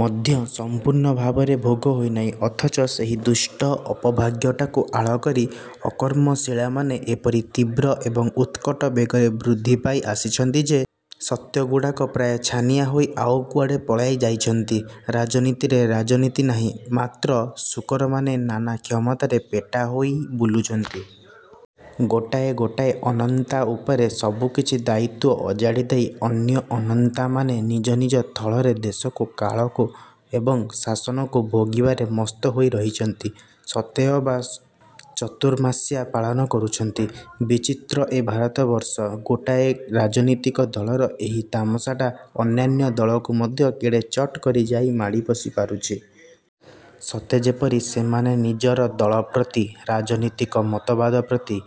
ମଧ୍ୟ ସମ୍ପୂର୍ଣ୍ଣ ଭାବରେ ଭୋଗ ହୋଇନାହିଁ। ଅଥଚ ସେହି ଦୁଷ୍ଟ ଅପଭାଗ୍ୟଟାକୁ ଆଳ କରି ଅକର୍ମଶିଳାମାନେ ଏପରି ତୀବ୍ର ଏବଂ ଉତ୍କଟ ବେଗରେ ବୃଦ୍ଧି ପାଇ ଆସିଛନ୍ତି ଯେ, ସତ୍ୟଗୁଡ଼ାକ ପ୍ରାୟ ଛାନିଆ ହୋଇ ଆଉ କୁଆଡ଼େ ପଳାଇ ଯାଇଛନ୍ତି। ରାଜନୀତିରେ ରାଜନୀତି ନାହିଁ, ମାତ୍ର ଶୂକରମାନେ ନାନା କ୍ଷମତାରେ ପେଟା ହୋଇ ବୁଲୁଛନ୍ତି। ଗୋଟାଏ ଗୋଟାଏ ଅନନ୍ତା ଉପରେ ସବୁକିଛି ଦାୟିତ୍ୱ ଅଜାଡ଼ି ଦେଇ ଅନ୍ୟ ଅନନ୍ତାମାନେ ନିଜ ନିଜ ଥଳରେ ଦେଶକୁ, କାଳକୁ ଏବଂ ଶାସନକୁ ଭୋଗିବାରେ ମସ୍ତ ହୋଇ ରହିଛନ୍ତି। ସତେଅବା ଚତୁର୍ମାସ୍ୟା ପାଳନ କରୁଛନ୍ତି। ବିଚିତ୍ର ଏ ଭାରତବର୍ଷ, ଗୋଟାଏ ରାଜନୀତିକ ଦଳର ଏହି ତାମସାଟା ଅନ୍ୟାନ୍ୟ ଦଳକୁ ମଧ୍ୟ କେଡ଼େ ଚଟ୍ କରି ଯାଇ ମାଡ଼ି ବସି ପାରୁଛି। ସତେ ଯେପରି ସେମାନେ ନିଜର ଦଳ ପ୍ରତି, ରାଜନୀତିକ ମତବାଦ ପ୍ରତି,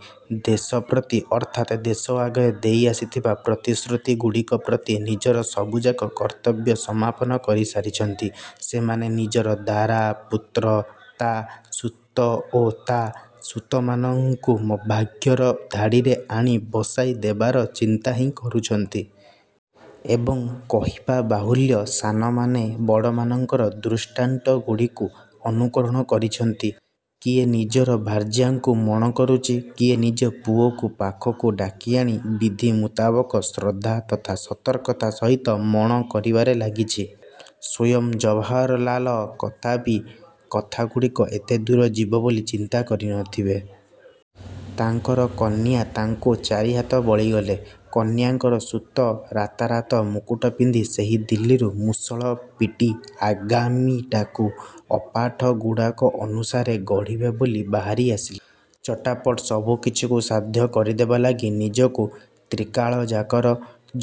ଦେଶ ପ୍ରତି ଅର୍ଥାତ୍ ଦେଶ ଆଗରେ ଦେଇ ଆସିଥିବା ପ୍ରତିଶ୍ରୁତିଗୁଡ଼ିକ ପ୍ରତି ନିଜର ସବୁଯାକ କର୍ତ୍ତବ୍ୟ ସମାପନ କରି ସାରିଛନ୍ତି; ସେମାନେ ନିଜର ଦାରା, ପୁତ୍ର, ତା' ସୁତ ଓ ତା' ସୁତମାନଙ୍କୁ ଭାଗ୍ୟର ଧାଡ଼ିରେ ଆଣି ବସାଇ ଦେବାର ଚିନ୍ତା ହିଁ କରୁଛନ୍ତି। ଏବଂ, କହିବା ବାହୁଲ୍ୟ, ସାନମାନେ ବଡ଼ମାନଙ୍କର ଦୃଷ୍ଟାନ୍ତଗୁଡ଼ିକୁ ଅନୁକରଣ କରିଛନ୍ତି। କିଏ ନିଜର ଭାର୍ଯ୍ୟାଙ୍କୁ ମଣ କରୁଛି, କିଏ ନିଜ ପୁଅକୁ ପାଖକୁ ଡାକିଆଣି ବିଧି ମୁତାବକ ଶ୍ରଦ୍ଧା ତଥା ସତର୍କତା ସହିତ ମଣ କରିବାରେ ଲାଗିଛି। ସ୍ୱୟଂ ଜବାହରଲାଲ କଦାପି କଥାଗୁଡ଼ାକ ଏତେଦୂର ଯିବ ବୋଲି ଚିନ୍ତା କରି ନଥିବେ। ତାଙ୍କର କନ୍ୟା ତାଙ୍କୁ ଚାରିହାତ ବଳିଗଲେ। କନ୍ୟାଙ୍କର ସୁତ ରାତାରାତ ମୁକୁଟ ପିନ୍ଧି ସେହି ଦିଲ୍ଲୀରୁ ମୁଷଳ ପିଟି ଆଗାମୀଟାକୁ ଅପାଠଗୁଡ଼ାକ ଅନୁସାରେ ଗଢ଼ିବେ ବୋଲି ବାହାରି ଆସିଲେ। ଚଟାପଟ୍ ସବୁକିଛିକୁ ସାଧ୍ୟ କରିଦେବା ଲାଗି ନିଜକୁ ତ୍ରିକାଳଯାକର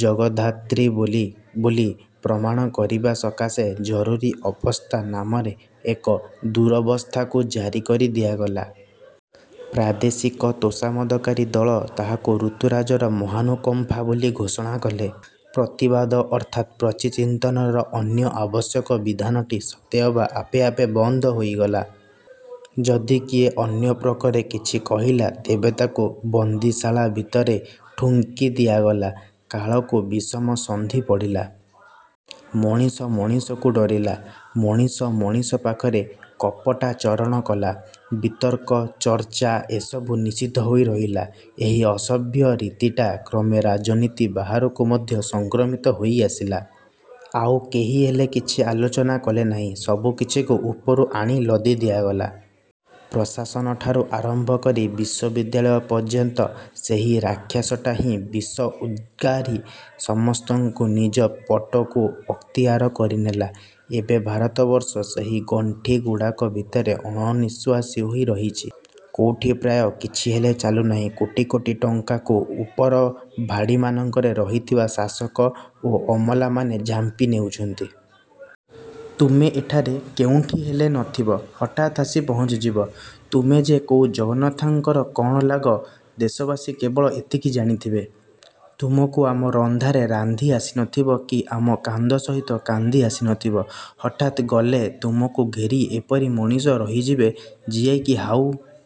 ଜଗଦ୍ଧାତ୍ରୀ ବୋଲି ବୋଲି ପ୍ରମାଣ କରିବା ସକାଶେ ଜରୁରୀ ଅବସ୍ଥା ନାମରେ ଏକ ଦୁରବସ୍ଥାକୁ ଜାରି କରି ଦିଆଗଲା। ପ୍ରାଦେଶିକ ତୋଷାମଦକାରୀ ଦଳ ତାହାକୁ ଋତୁରାଜର ମହାନୁକମ୍ପା ବୋଲି ଘୋଷଣା କଲେ। ପ୍ରତିବାଦ ଅର୍ଥାତ୍ ପ୍ରତିଚିନ୍ତନର ଅନ୍ୟ ଆବଶ୍ୟକ ଵିଧାନଟି ସତେଅବା ଆପେ ଆପେ ବନ୍ଦ ହୋଇଗଲା। ଯଦି କିଏ ଅନ୍ୟ ପ୍ରକରେ କିଛି କହିଲା, ତେବେ ତାକୁ ବନ୍ଦୀଶାଳା ଭିତରେ ଠୁଙ୍କି ଦିଆଗଲା। କାଳକୁ ବିଷମ ସନ୍ଧି ପଡ଼ିଲା। ମଣିଷ ମଣିଷକୁ ଡ଼ରିଲା, ମଣିଷ ମଣିଷ ପାଖରେ କପଟାଚରଣ କଲା। ବିତର୍କ, ଚର୍ଚ୍ଚା ଏସବୁ ନିଷିଦ୍ଧ ହୋଇ ରହିଲା। ଏହି ଅସଭ୍ୟ ରୀତିଟା କ୍ରମେ ରାଜନୀତି ବାହାରକୁ ମଧ୍ୟ ସଂକ୍ରମିତ ହୋଇ ଆସିଲା। ଆଉ କେହିହେଲେ କିଛି ଆଲୋଚନା କଲେନାହିଁ। ସବୁକିଛିକୁ ଉପରୁ ଆଣି ଲଦି ଦିଆଗଲା। ପ୍ରଶାସନଠାରୁ ଆରମ୍ଭ କରି ବିଶ୍ୱବିଦ୍ୟାଳୟ ପଯ୍ୟନ୍ତ ସେହି ରାକ୍ଷସଟା ହିଁ ବିଷ ଉଦ୍ଗାରି ସମସ୍ତଙ୍କୁ ନିଜ ପଟକୁ ଅକ୍ତିଆର କରିନେଲା। ଏବେ ଭାରତବର୍ଷ ସେହି ଗଣ୍ଠିଗୁଡ଼ାକ ଭିତରେ ଅଣନିଃଶ୍ୱାସୀ ହୋଇ ରହିଛି। କୋଉଠି ପ୍ରାୟ କିଛିହେଲେ ଚାଲୁନାହିଁ। କୋଟି କୋଟି ଟଙ୍କାକୁ ଉପର ଭାଡ଼ିମାନଙ୍କରେ ରହିଥିବା ଶାସକ ଓ ଅମଲାମାନେ ଝାମ୍ପି ନେଉଛନ୍ତି। ତୁମେ ଏଠାରେ କେଉଁଠି ହେଲେ ନଥିବ, ହଠାତ୍ ଆସି ପହଞ୍ଚିଯିବ। ତୁମେ ଯେ କୋଉ ଜଗନ୍ନାଥଙ୍କର କ'ଣ ଲାଗ, ଦେଶବାସୀ କେବେଳ ଏତିକି ଜାଣିଥିବେ। ତୁମକୁ ଆମ ରନ୍ଧାରେ ରାନ୍ଧି ଆସି ନଥିବ କି ଆମ କାନ୍ଦ ସହିତ କାନ୍ଦି ଆସି ନଥିବ, ହଠାତ୍ ଗଲେ ତୁମକୁ ଘେରି ଏପରି ମଣିଷ ରହିଥିବେ, ଯିଏକି ହାଉ